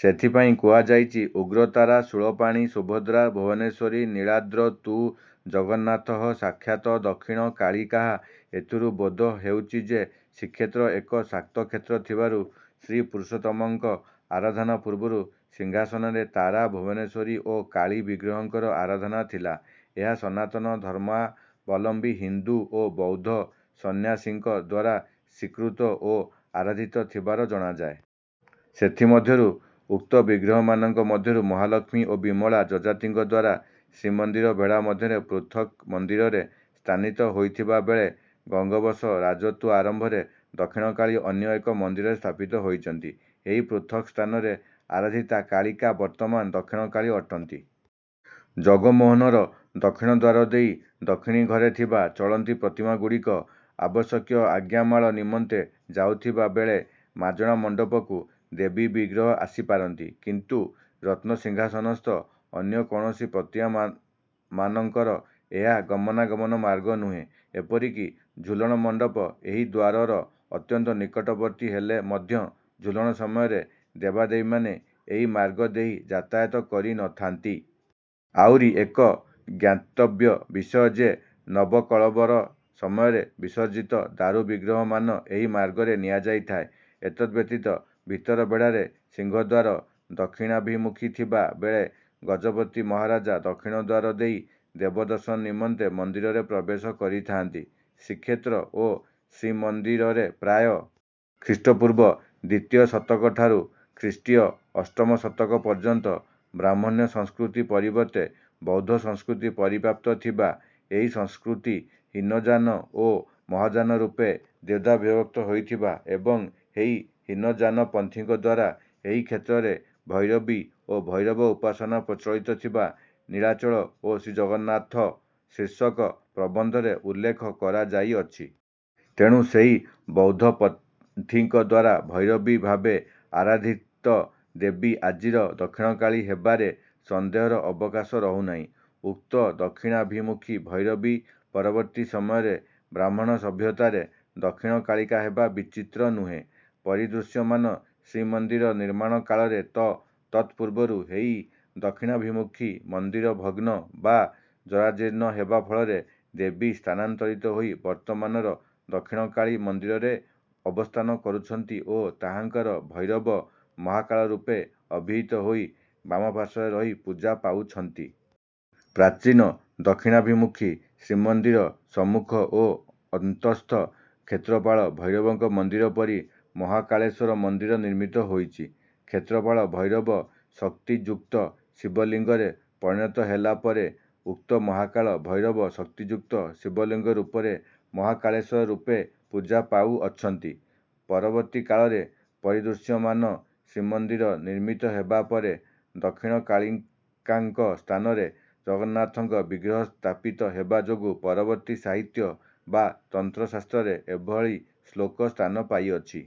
ସେଥିପାଇଁ କୁହାଯାଇଛି:"ଉଗ୍ରତାରା ଶୂଳପାଣିଃ ସୁଭଦ୍ରା ଭୁବନେଶ୍ୱରୀ ନୀଳାଦ୍ରୌ ତୁ ଜଗନ୍ନାଥଃ ସାକ୍ଷାତ୍ ଦକ୍ଷିଣ କାଳିକାଃ ଏଥିରୁ ବୋଧ ହେଉଛି ଯେ, ଶ୍ରୀକ୍ଷେତ୍ର ଏକ ଶାକ୍ତକ୍ଷେତ୍ର ଥିବାରୁ ଶ୍ରୀପୁରୁଷୋତ୍ତମଙ୍କ ଆରାଧନା ପୂର୍ବରୁ ସିଂହାସନରେ ତାରା, ଭୁବନେଶ୍ୱରୀ ଓ କାଳୀ ବିଗ୍ରହଙ୍କର ଆରାଧନା ଥିଲା। ଏହା ସନାତନ ଧର୍ମାବଲମ୍ବୀ ହିନ୍ଦୁ ଓ ବୌଦ୍ଧ ସନ୍ନ୍ୟାସୀଙ୍କ ଦ୍ୱାରା ସ୍ୱୀକୃତ ଓ ଆରାଧିତ ଥିବାର ଜଣାଯାଏ। ସେଥିମଧ୍ୟରୁ ଉକ୍ତ ବିଗ୍ରହମାନଙ୍କ ମଧ୍ୟରୁ ମହାଲକ୍ଷ୍ମୀ ଓ ବିମଳା, ଯଯାତିଙ୍କ ଦ୍ୱାରା ଶ୍ରୀମନ୍ଦିରର ବେଢ଼ା ମଧ୍ୟରେ ପୃଥକ୍ ମନ୍ଦିରରେ ସ୍ଥାନିତ ହୋଇଥିବା ବେଳେ ଗଙ୍ଗବଂଶ ରାଜତ୍ୱ ଆରମ୍ଭରେ ଦକ୍ଷିଣକାଳୀ ଅନ୍ୟ ଏକ ମନ୍ଦିରରେ ସ୍ଥାପିତ ହୋଇଛନ୍ତି। ଏହି ପୃଥକ୍ ସ୍ଥାନରେ ଆରାଧିତା କାଳିକା ବର୍ତ୍ତମାନ ଦକ୍ଷିଣକାଳୀ ଅଟନ୍ତି। ଜଗମୋହନର ଦକ୍ଷିଣ ଦ୍ୱାର ଦେଇ ଦକ୍ଷିଣୀ ଘରେ ଥିବା ଚଳନ୍ତି ପ୍ରତିମାଗୁଡ଼ିକ ଆବଶ୍ୟକୀୟ ଆଜ୍ଞାମାଳ ନିମନ୍ତେ ଯାଉଥିବା ବେଳେ ମାଜଣା ମଣ୍ଡପକୁ ଦେବୀ ବିଗ୍ରହ ଆସିପାରନ୍ତି; କିନ୍ତୁ ରତ୍ନସିଂହାସନସ୍ଥ ଅନ୍ୟ କୌଣସି ପ୍ରତିମାମାନଙ୍କର ଏହା ଗମନାଗମନ ମାର୍ଗ ନୁହେଁ। ଏପରିକି ଝୁଲଣ ମଣ୍ଡପ ଏହି ଦ୍ୱାରର ଅତ୍ୟନ୍ତ ନିକଟବର୍ତ୍ତୀ ହେଲେ ମଧ୍ୟ ଝୁଲଣ ସମୟରେ ଦେବାଦେବୀମାନେ ଏହି ମାର୍ଗ ଦେଇ ଯାତାୟାତ କରିନଥାନ୍ତି। ଆହୁରି ଏକ ଜ୍ଞାତବ୍ୟ ବିଷୟ ଯେ, ନବକଳେବର ସମୟରେ ବିସର୍ଜିତ ଦାରୁବିଗ୍ରହମାନ ଏହି ମାର୍ଗରେ ନିଆଯାଇଥାଏ। ଏତଦ୍‌ବ୍ୟତୀତ ଭିତର ବେଢ଼ାର ସିଂହଦ୍ୱାର ଦକ୍ଷିଣାଭିମୁଖୀ ଥିବା ବେଳେ ଗଜପତି ମହାରାଜା ଦକ୍ଷିଣୀ ଦ୍ୱାର ଦେଇ ଦେବଦର୍ଶନ ନିମନ୍ତେ ମନ୍ଦିରରେ ପ୍ରବେଶ କରିଥାଆନ୍ତି। ଶ୍ରୀକ୍ଷେତ୍ର ଓ ଶ୍ରୀମନ୍ଦିରରେ ପ୍ରାୟ ଖ୍ରୀଷ୍ଟପୂର୍ବ ଦ୍ୱିତୀୟ ଶତକଠାରୁ ଖ୍ରୀଷ୍ଟୀୟ ଅଷ୍ଟମ ଶତକ ପର୍ଯ୍ୟନ୍ତ ବ୍ରାହ୍ମଣ୍ୟ ସଂସ୍କୃତି ପରିବର୍ତ୍ତେ ବୌଦ୍ଧ ସଂସ୍କୃତି ପରିବ୍ୟାପ୍ତ ଥିବା, ଏହି ସଂସ୍କୃତି ହୀନଯାନ ଓ ମହାଯାନ ରୂପେ ଦ୍ୱିଧା ବିଭକ୍ତ ହୋଇଥିବା ଏବଂ ଏହି ହୀନଯାନପନ୍ଥୀଙ୍କ ଦ୍ୱାରା ଏହି କ୍ଷେତ୍ରରେ ଭୈରବୀ ଓ ଭୈରବ ଉପାସନା ପ୍ରଚଳିତ ଥିବା "ନୀଳାଚଳ ଓ ଶ୍ରୀଜଗନ୍ନାଥ" ଶୀର୍ଷକ ପ୍ରବନ୍ଧରେ ଉଲ୍ଲେଖ କରାଯାଇଅଛି। ତେଣୁ ସେହି ବୌଦ୍ଧପନ୍ଥୀଙ୍କ ଦ୍ୱାରା ଭୈରବୀ ଭାବେ ଆରାଧିତ ଦେବୀ ଆଜିର ଦକ୍ଷିଣକାଳୀ ହେବାରେ ସନ୍ଦେହର ଅବକାଶ ରହୁନାହିଁ। ଉକ୍ତ ଦକ୍ଷିଣାଭିମୁଖୀ ଭୈରବୀ ପରବର୍ତ୍ତୀ ସମୟରେ ବ୍ରାହ୍ମଣ୍ୟ ସଭ୍ୟତାରେ 'ଦକ୍ଷିଣକାଳିକା' ହେବା ବିଚିତ୍ର ନୁହେଁ। ପରିଦୃଶ୍ୟମାନ ଶ୍ରୀମନ୍ଦିର ନିର୍ମାଣ କାଳରେ ବା ତତ୍‌ପୂର୍ବରୁ ଏହି ଦକ୍ଷିଣାଭିମୁଖୀ ମନ୍ଦିର ଭଗ୍ନ ବା ଜରାଜୀର୍ଣ୍ଣ ହେବା ଫଳରେ ଦେବୀ ସ୍ଥାନାନ୍ତରିତ ହୋଇ ବର୍ତ୍ତମାନର ଦକ୍ଷିଣକାଳୀ ମନ୍ଦିରରେ ଅବସ୍ଥାନ କରୁଛନ୍ତି ଓ ତାହାଙ୍କର ଭୈରବ 'ମହାକାଳ' ରୂପେ ଅଭିହିତ ହୋଇ ବାମପାର୍ଶ୍ୱରେ ରହି ପୂଜା ପାଉଛନ୍ତି। ପ୍ରାଚୀନ ଦକ୍ଷିଣାଭିମୁଖୀ ଶ୍ରୀମନ୍ଦିର ସମ୍ମୁଖ ଓ ଅନ୍ତଃସ୍ଥ କ୍ଷେତ୍ରପାଳ ଭୈରବଙ୍କ ମନ୍ଦିର ପରି ମହାକାଳେଶ୍ୱର ମନ୍ଦିର ନିର୍ମିତ ହୋଇଛି। କ୍ଷେତ୍ରପାଳ ଭୈରବ ଶକ୍ତିଯୁକ୍ତ ଶିବଲିଙ୍ଗରେ ପରିଣତ ହେଲା ପରି ଉକ୍ତ ମହାକାଳ ଭୈରବ ଶକ୍ତିଯୁକ୍ତ ଶିବଲିଙ୍ଗ ରୂପରେ 'ମହାକାଳେଶ୍ୱର' ରୂପେ ପୂଜା ପାଉଅଛନ୍ତି। ପରବର୍ତ୍ତୀ କାଳରେ ପରିଦୃଶ୍ୟମାନ ଶ୍ରୀମନ୍ଦିର ନିର୍ମିତ ହେବା ପରେ ଦକ୍ଷିଣକାଳିକାଙ୍କ ସ୍ଥାନରେ ଜଗନ୍ନାଥଙ୍କ ବିଗ୍ରହ ସ୍ଥାପିତ ହେବା ଯୋଗୁଁ ପରବର୍ତ୍ତୀ ସାହିତ୍ୟ ବା ତନ୍ତ୍ରଶାସ୍ତ୍ରରେ ଏଭଳି ଶ୍ଳୋକ ସ୍ଥାନ ପାଇଅଛି।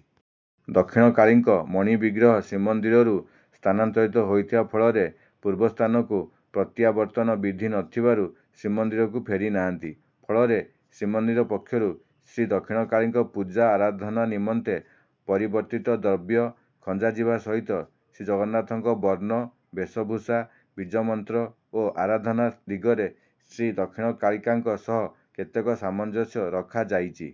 ଦକ୍ଷିଣକାଳୀଙ୍କ ମଣିବିଗ୍ରହ ଶ୍ରୀମନ୍ଦିରରୁ ସ୍ଥାନାନ୍ତରିତ ହୋଇଥିବା ଫଳରେ, ପୂର୍ବସ୍ଥାନକୁ ପ୍ରତ୍ୟାବର୍ତ୍ତନ ବିଧି ନଥିବାରୁ ଶ୍ରୀମନ୍ଦିରକୁ ଫେରିନାହାନ୍ତି। ଫଳରେ ଶ୍ରୀମନ୍ଦିର ପକ୍ଷରୁ ଶ୍ରୀଦକ୍ଷିଣକାଳୀଙ୍କ ପୂଜା ଆରାଧନା ନିମନ୍ତେ ପରିବର୍ତ୍ତିତ ଦ୍ରବ୍ୟ ଖଞ୍ଜାଯିବା ସହିତ ଶ୍ରୀଜଗନ୍ନାଥଙ୍କ ବର୍ଣ୍ଣ, ବେଶଭୂଷା, ବୀଜମନ୍ତ୍ର ଓ ଆରାଧନା ଦିଗରେ ଶ୍ରୀଦକ୍ଷିଣକାଳିକାଙ୍କ ସହ କେତେକ ସାମଞ୍ଜସ୍ୟ ରଖାଯାଇଛି।